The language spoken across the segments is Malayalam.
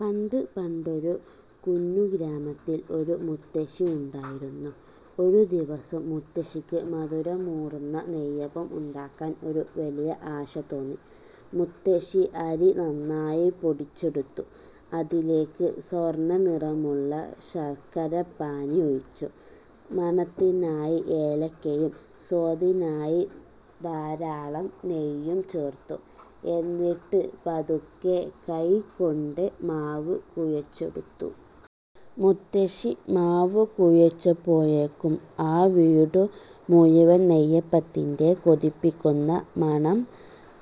പണ്ട് പണ്ടൊരു കുഞ്ഞു ഗ്രാമത്തിൽ ഒരു മുത്തശ്ശി ഉണ്ടായിരുന്നു. ഒരു ദിവസം മുത്തശ്ശിക്ക് മധുരമൂറുന്ന നെയ്യപ്പം ഉണ്ടാക്കാൻ ഒരു വലിയ ആശ തോന്നി. മുത്തശ്ശി അരി നന്നായി പൊടിച്ചെടുത്തു. അതിലേക്ക് സ്വർണ്ണനിറമുള്ള ശർക്കരപ്പാനി ഒഴിച്ചു. മണത്തിനായി ഏലക്കയും സ്വാദിനായി ധാരാളം നെയ്യും ചേർത്തു. എന്നിട്ട് പതുക്കെ കൈകൊണ്ട് മാവ് കുഴച്ചെടുത്തു. മുത്തശ്ശി മാവ് കുഴച്ചപ്പോഴേക്കും ആ വീടു മുഴുവൻ നെയ്യപ്പത്തിന്റെ കൊതിപ്പിക്കുന്ന മണം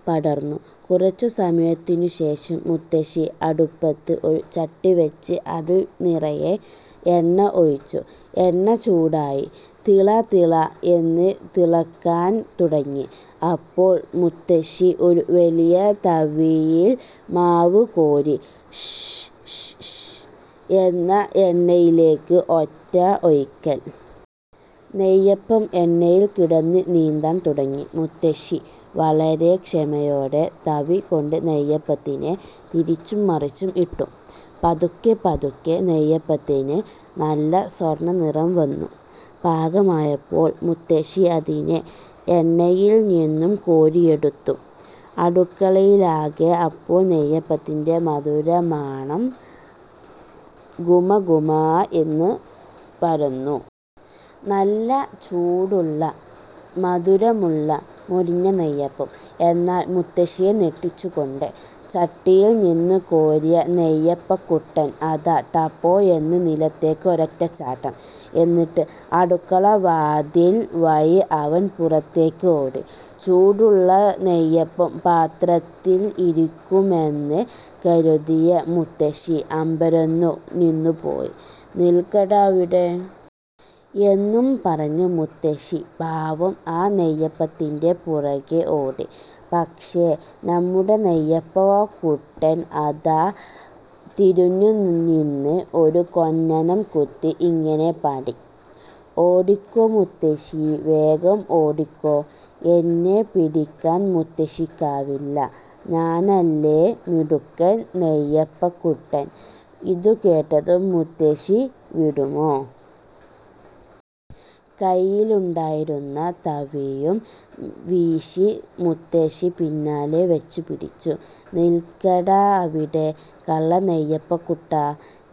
പടർന്നു. കുറച്ചു സമയത്തിനുശേഷം മുത്തശ്ശി അടുപ്പത്ത് ഒരു ചട്ടി വെച്ച് അതിൽ നിറയെ എണ്ണ ഒഴിച്ചു. എണ്ണ ചൂടായി 'തിള തിള' എന്ന് തിളയ്ക്കാൻ തുടങ്ങി. അപ്പോൾ മുത്തശ്ശി ഒരു വലിയ തവിയിൽ മാവ് കോരി 'ശ്ശ്ശ്ശ്ശ്… ' എന്ന് എണ്ണയിലേക്ക് ഒറ്റ ഒഴിക്കൽ! നെയ്യപ്പം എണ്ണയിൽ കിടന്ന് നീന്താൻ തുടങ്ങി. മുത്തശ്ശി വളരെ ക്ഷമയോടെ തവി കൊണ്ട് നെയ്യപ്പത്തിനെ തിരിച്ചും മറിച്ചും ഇട്ടു. പതുക്കെ പതുക്കെ നെയ്യപ്പത്തിന് നല്ല സ്വർണ്ണനിറം വന്നു. പാകമായപ്പോൾ മുത്തശ്ശി അതിനെ എണ്ണയിൽ നിന്നും കോരിയെടുത്തു. അടുക്കളയിലാകെ അപ്പോൾ നെയ്യപ്പത്തിന്റെ മധുരമണം ഗുമഗുമാ എന്ന് പരന്നു. നല്ല ചൂടുള്ള, മധുരമുള്ള, മൊരിഞ്ഞ നെയ്യപ്പം! എന്നാൽ മുത്തശ്ശിയെ ഞെട്ടിച്ചുകൊണ്ട്, ചട്ടിയിൽ നിന്ന് കോരിയ നെയ്യപ്പക്കുട്ടൻ അതാ ടപ്പേ എന്ന് നിലത്തേക്ക് ഒരൊറ്റ ചാട്ടം. എന്നിട്ട് അടുക്കളവാതിൽ വഴി അവൻ പുറത്തേക്ക് ഓടി. ചൂടുള്ള നെയ്യപ്പം പാത്രത്തിൽ ഇരിക്കുമെന്ന് കരുതിയ മുത്തശ്ശി അമ്പരന്നു നിന്നുപോയി. "നിൽക്കടാ അവിടെ! " എന്നും പറഞ്ഞ് മുത്തശ്ശി പാവം ആ നെയ്യപ്പത്തിന്റെ പുറകേ ഓടി. പക്ഷേ, നമ്മുടെ നെയ്യപ്പക്കുട്ടൻ അതാ തിരിഞ്ഞുനിന്ന് ഒരു കൊഞ്ഞനം കുത്തി ഇങ്ങനെ പാടി ഓടിക്കോ മുത്തശ്ശീ… വേഗം ഓടിക്കോ! എന്നെ പിടിക്കാൻ മുത്തശ്ശിക്കാവില്ല. ഞാനല്ലേ മിടുക്കൻ നെയ്യപ്പക്കുട്ടൻ! " ഇതുകേട്ടതും മുത്തശ്ശി വിടുമോ? കൈയിലുണ്ടായിരുന്ന തവിയും വീശി മുത്തശ്ശി പിന്നാലെ വച്ചുപിടിച്ചു. "നിൽക്കടാ അവിടെ കള്ള നെയ്യപ്പക്കുട്ടാ!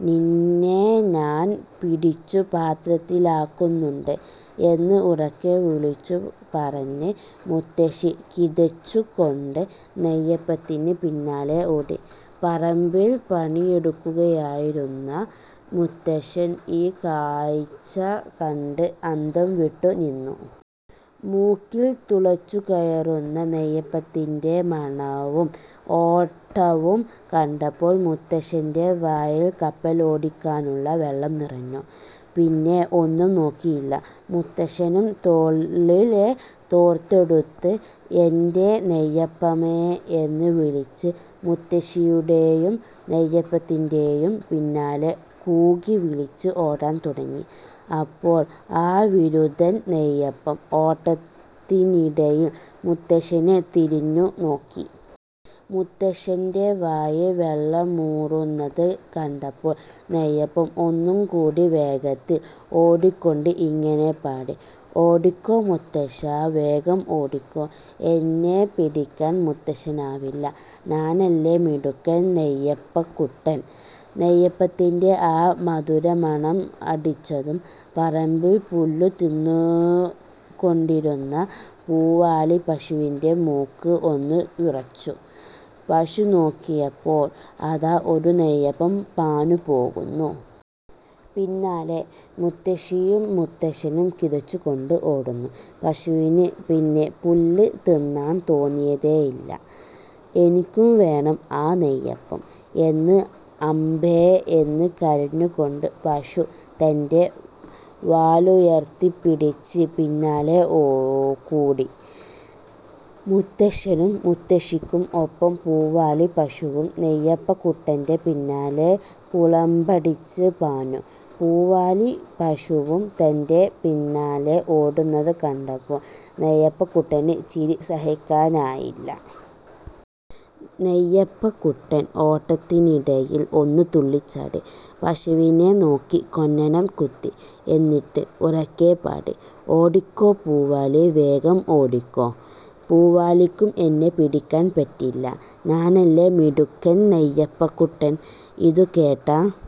നിന്നെ ഞാൻ പിടിച്ചു പാത്രത്തിലാക്കുന്നുണ്ട്! " എന്ന് ഉറക്കെ വിളിച്ചു പറഞ്ഞ് മുത്തശ്ശി കിതച്ചു കൊണ്ട് നെയ്യപ്പത്തിന് പിന്നാലെ ഓടി. പറമ്പിൽ പണിയെടുക്കുകയായിരുന്ന മുത്തശ്ശൻ ഈ കാഴ്ച കണ്ട് അന്തംവിട്ടു നിന്നു. മൂക്കിൽ തുളച്ചുകയറുന്ന നെയ്യപ്പത്തിന്റെ മണവും ഓട്ടവും കണ്ടപ്പോൾ മുത്തശ്ശന്റെ വായിൽ കപ്പലോടിക്കാനുള്ള വെള്ളം നിറഞ്ഞു! പിന്നെ ഒന്നും നോക്കിയില്ല, മുത്തശ്ശനും തോളിലെ തോർത്തുമെടുത്ത് "എന്റെ നെയ്യപ്പമേ… " എന്ന് വിളിച്ച് മുത്തശ്ശിയുടെയും നെയ്യപ്പത്തിന്റെയും പിന്നാലെ കൂകിവിളിച്ച് ഓടാൻ തുടങ്ങി. അപ്പോൾ ആ വിരുതൻ നെയ്യപ്പം ഓട്ടത്തിനിടയിൽ മുത്തശ്ശനെ പിന്തിരിഞ്ഞു നോക്കി. മുത്തശ്ശന്റെ വായിൽ വെള്ളമൂറുന്നത് കണ്ടപ്പോൾ നെയ്യപ്പം ഒന്നുകൂടി വേഗത്തിൽ ഓടിക്കൊണ്ട് ഇങ്ങനെ പാടി: "ഓടിക്കോ മുത്തശ്ശാ… വേഗം ഓടിക്കോ! എന്നെ പിടിക്കാൻ മുത്തശ്ശനാവില്ല. ഞാനല്ലേ മിടുക്കൻ നെയ്യപ്പക്കുട്ടൻ! നെയ്യപ്പത്തിന്റെ ആ മധുരമണം അടിച്ചതും പറമ്പിൽ പുല്ലു തിന്നുകൊണ്ടിരുന്ന പൂവാലി പശുവിന്റെ മൂക്ക് ഒന്ന് വിറച്ചു! പശു നോക്കിയപ്പോൾ അതാ ഒരു നെയ്യപ്പം പാഞ്ഞു പോകുന്നു. പിന്നാലെ മുത്തശ്ശിയും മുത്തശ്ശനും കിതച്ചുകൊണ്ട് ഓടുന്നു. പശുവിന് പിന്നെ പുല്ല് തിന്നാൻ തോന്നിയതേയില്ല! "എനിക്കും വേണം ആ നെയ്യപ്പം" എന്ന് അംബേ…. എന്ന് കരഞ്ഞുകൊണ്ട് പശു തന്റെ വാലുയർത്തിപ്പിടിച്ച് പിന്നാലെ കൂടി. മുത്തശ്ശനും മുത്തശ്ശിക്കും ഒപ്പം പൂവാലി പശുവും നെയ്യപ്പക്കുട്ടന്റെ പിന്നാലെ കുളമ്പടിച്ച് പാഞ്ഞു. പൂവാലി പശുവും തന്റെ പിന്നാലെ ഓടുന്നത് കണ്ടപ്പോൾ നെയ്യപ്പക്കുട്ടന് ചിരി സഹിക്കാനായില്ല. നെയ്യപ്പക്കുട്ടൻ ഓട്ടത്തിനിടയിൽ ഒന്ന് തുള്ളിച്ചാടി, പശുവിനെ നോക്കി കൊഞ്ഞനം കുത്തി! എന്നിട്ട് ഉറക്കെ പാടി: "ഓടിക്കോ പൂവാലീ… വേഗം ഓടിക്കോ! പൂവാലിക്കും എന്നെ പിടിക്കാൻ പറ്റില്ല! ഞാനല്ലേ മിടുക്കൻ നെയ്യപ്പക്കുട്ടൻ! " ഇതുകേട്ട